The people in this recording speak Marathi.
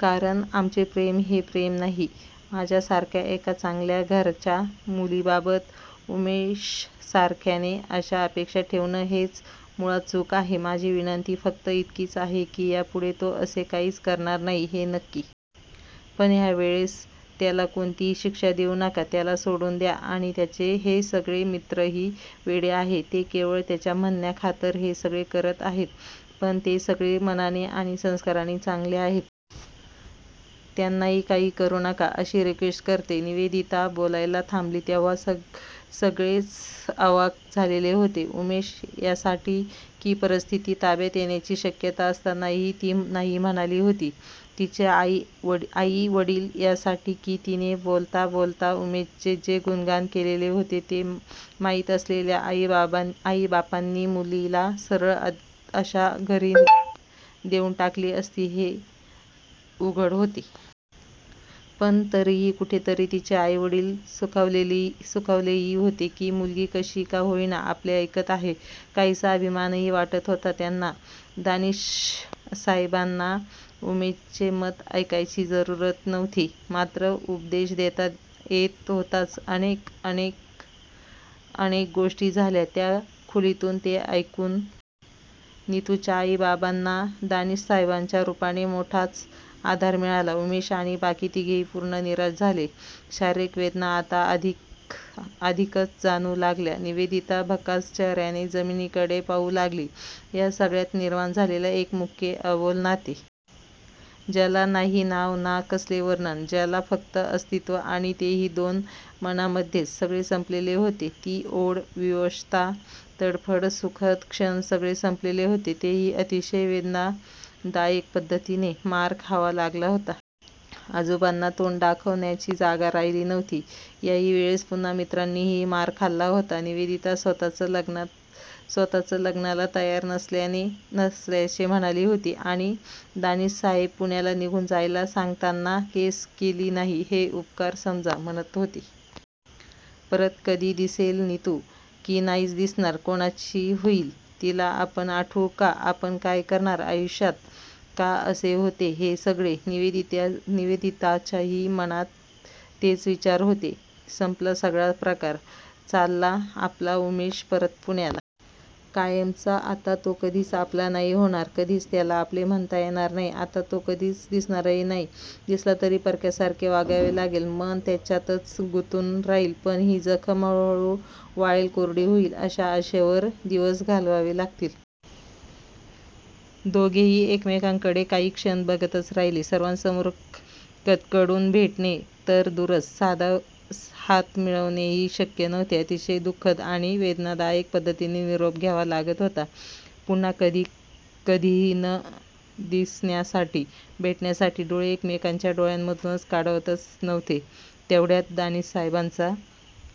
कारण आमचे प्रेम हे प्रेम नाही. माझ्यासारख्या एका चांगल्या घरच्या मुलीबाबत उमेशसारख्याने अशा अपेक्षा ठेवणे हेच मुळात चूक आहे. माझी विनंती फक्त इतकीच आहे की यापुढे तो असे काहीही करणार नाही हे नक्की. पण ह्यावेळेस त्याला कोणतीही शिक्षा देऊ नका. त्याला सोडून द्या आणि त्याचे हे सगळे मित्रही वेडे आहेत. ते केवळ त्याच्या म्हणण्याखातर हे सगळे करत आहेत. पण ते सगळे मनाने आणि संस्कारांनी चांगले आहेत. त्यांनाही काहीही करू नका अशी रिक्वेस्ट करते. निवेदिता बोलायला थांबली तेव्हा सगलेच अवाक झालेले होते. उमेश यासाठी की परिस्थिती ताब्यात येण्याची शक्यता असतानाही ती नाही म्हणाली होती. तिचे आई वडील यासाठी की तिने बोलता बोलता उमेशचे जे गुणगान केलेले होते ते माहीत असलेल्या आई बापांनी मुलीला सरळ अशा घरी देऊन टाकली असती हे उघड होते. पण तरीही कोठेतरी तिचे आईवडील सुखावलेही होते की मुलगी कशी का होईना आपले ऐकत आहे. काहीसा अभिमानही वाटत होता त्यांना! दानिशसाहेबांना उमेशचे मत ऐकायची जरूरच नव्हती. मात्र उपदेश देता येत होताच. अनेक अनेक अनेक गोष्टी झाल्या त्या खोलीत ते ऐकून! नितुच्या आई बाबांना दानिशसाहेबांच्या रुपाने मोठाच आधार मिळाला. उमेश आणि बाकी तिघेही पूर्ण निराश झाले. शारिरीक वेदना आता अधिकच जाणवू लागल्या. निवेदिता भकास चेहर्याने जमीनीकडे पाहू लागली. या सगळ्यात निर्माण झालेले एक मुके, अबोल नाते! ज्याला नाही नाव ना कसले वर्णन! ज्याला फक्त अस्तित्व आणि तेही दोन मनामध्येच! सगळे संपलेले होते. ती ओढ, विवशता, तडफड, सुखद क्षण सगळे संपलेले होते. तेही अतिशय वेदनादायक पद्धतीने! मार खावा लागला होता. आजोबांना तोंड दाखवण्याची जागा राहिली नव्हती. याही वेळेस पुन्हा मित्रांनीही मार खाल्ला होता. निवेदिता स्वतःच लग्नाला तयार नसल्याचे म्हणाली होती. आणि दानिशसाहेब पुण्याला निघून जायला सांगताना केस केली नाही हे उपकार समजा म्हणत होते. परत कधी दिसेल नितु? की नाहीच दिसणार? कोणाची होईल? तिला आपण आठवू का? आपण काय करणार आयुष्यात? का असे होते हे सगळे? निवेदिताच्याही मनात तेच विचार होते! संपला सगळाच प्रकार! चालला आपला उमेश परत पुण्याला! कायमचा! आता तो कधीच आपला नाही होणार! कधीच त्याला आपले म्हणता येणार नाही. आता तो कधीच दिसणारही नाही. दिसला तरी परक्यासारखे वागावे लागेल. मन त्याच्यातच गुंतून राहील. पण ही जखम ह्ळूहळू वालेल, कोर्डी होईल अशा आशेवर दिवस घालवावे लागतील. दोघेही एकमेकांकडे काही क्षण बघतच राहिले. सर्वांसमोर कदकडून भेटने तर दूरच, साधा हात मिळवणेही शक्य नव्हते. अतिशय दु:खद आणि वेदनादायक पद्धतीने निरोप घ्यावा लागत होता. पुन्हा कधी कधीही न दिसण्यासाठी, भेटण्यासाठी! डोळे एकमेकांच्या डोळ्यांमधून काढवतच नव्हते. तेवढ्यात दानिशसाहेबांचा